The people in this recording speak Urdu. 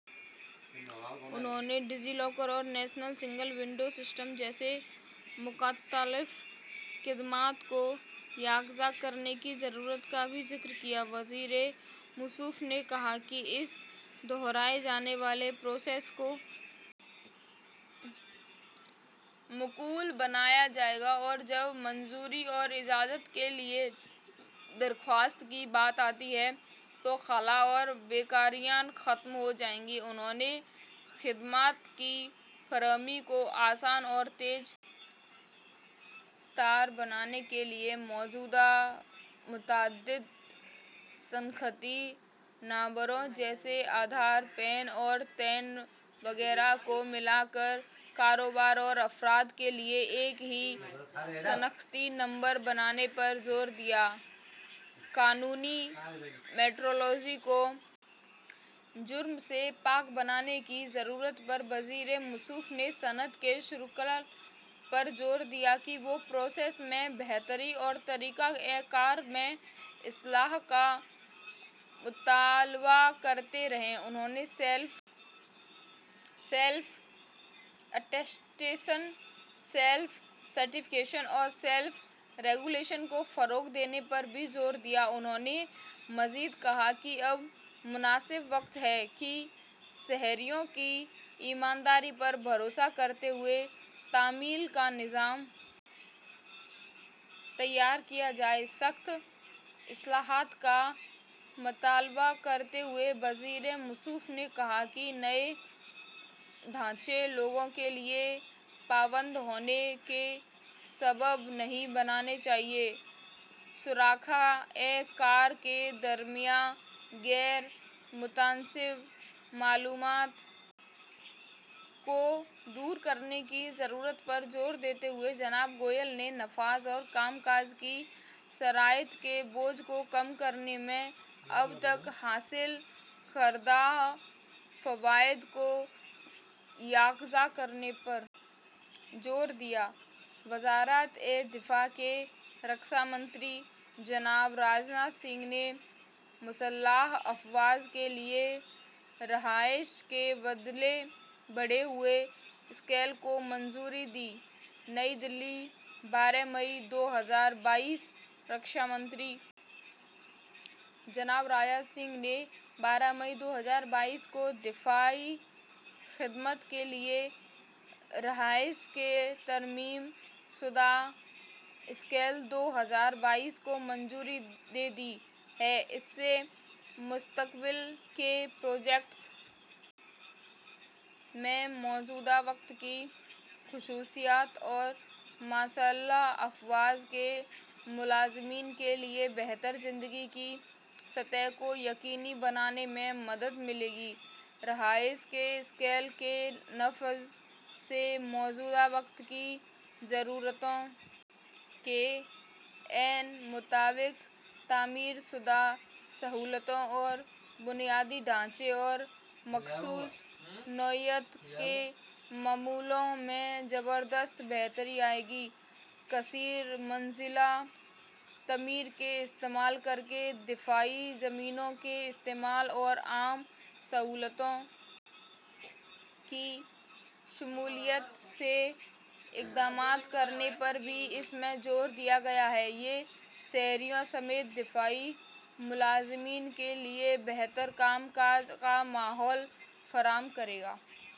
انہوں نے ڈجی لاکر اور نیشنل سنگل ونڈو سسٹم جیسی مختلف خدمات کو یکجا کرنے کی ضرورت کا بھی ذکر کیا وزیر موصوف نے کہا کہ اس سے دوہرائے جانے والے پروسیس کو معقول بنایا جائے گا اور جب منظوری اور اجازت کے لیے درخواست کی بات آتی ہے تو خلا اور بیکاریاں ختم ہو جائیں گی انہوں نے خدمات کی فراہمی کو آسان اور تیز تر بنانے کے لیے موجودہ متعدد شناختی نمبروں جیسے آدھار پین اور ٹین وغیرہ کو ملا کر کاروبار اور افراد کے لیے ایک ہی شناختی نمبر بنانے پر زور دیا قانونی میٹرولوجی کو جرم سے پاک بنانے کی ضرورت پر وزیر موصوف نے صنعت کے شرکا پر زور دیا کہ وہ پروسیس میں بہتری اور طریقہ کار میں اصلاح کا مطالبہ کرتے رہیں انہوں نے سیلف اٹیسٹیشن سیلف سرٹیفیکیشن اور سیلف ریگولیشن کو فروغ دینے پر بھی زور دیا انہوں نے مزید کہا کہ اب مناسب وقت ہے کہ شہریوں کی ایمانداری پر بھروسہ کرتے ہوئے تعمیل کا نظام تیار کیا جائے سخت اصلاحات کا مطالبہ کرتے ہوئے وزیر موصوف نے کہا کہ نئے ڈھانچے لوگوں کے لیے پابند ہونے کا سبب نہیں بننے چاہئیں شراکت داروں کے درمیان غیر متناسب معلومات کو دور کرنے کی ضرورت پر زور دیتے ہوئے جناب گوئل نے نفاذ اور کام کاج کی شرطوں کے بوجھ کو کم کرنے میں اب تک حاصل کردہ فوائد کو یکجا کرنے پر زور دیا وزارت دفاع کے رکشا منتری جناب راج ناتھ سنگھ نے مسلح افواج کے لیے رہائش کے بڑھے ہوئے اسکیل کو منظوری دی نئی دہلی بارہ مئی دو ہزار بائیس رکشا منتری جناب راج ناتھ سنگھ نے بارہ مئی دو ہزار بائیس کو دفاعی خدمات کے لیے رہائش کے ترمیم شدہ اسکیل دو ہزار بائیس کو منظوری دے دی ہے اس سے مستقبل کے پروجیکٹوں میں موجودہ وقت کی خصوصیات اور مسلح افواج کے ملازمین کے لیے بہتر زندگی کی سطح کو یقینی بنانے میں مدد ملے گی رہائش کے اسکیل کے نفاذ سے موجودہ وقت کی ضرورتوں کے عین مطابق تعمیر شدہ سہولتوں اور بنیادی ڈھانچے اور مخصوص نوعیت کے معاملوں میں زبردست بہتری آئے گی کثیر منزلہ تعمیر کا استعمال کر کے دفاعی زمینوں کے استعمال اور عام سہولتوں کی شمولیت سے اقدامات کرنے پر بھی اس میں زور دیا گیا ہے یہ شہریوں سمیت دفاعی ملازمین کے لیے بہتر کام کاج کا ماحول فراہم کرے گا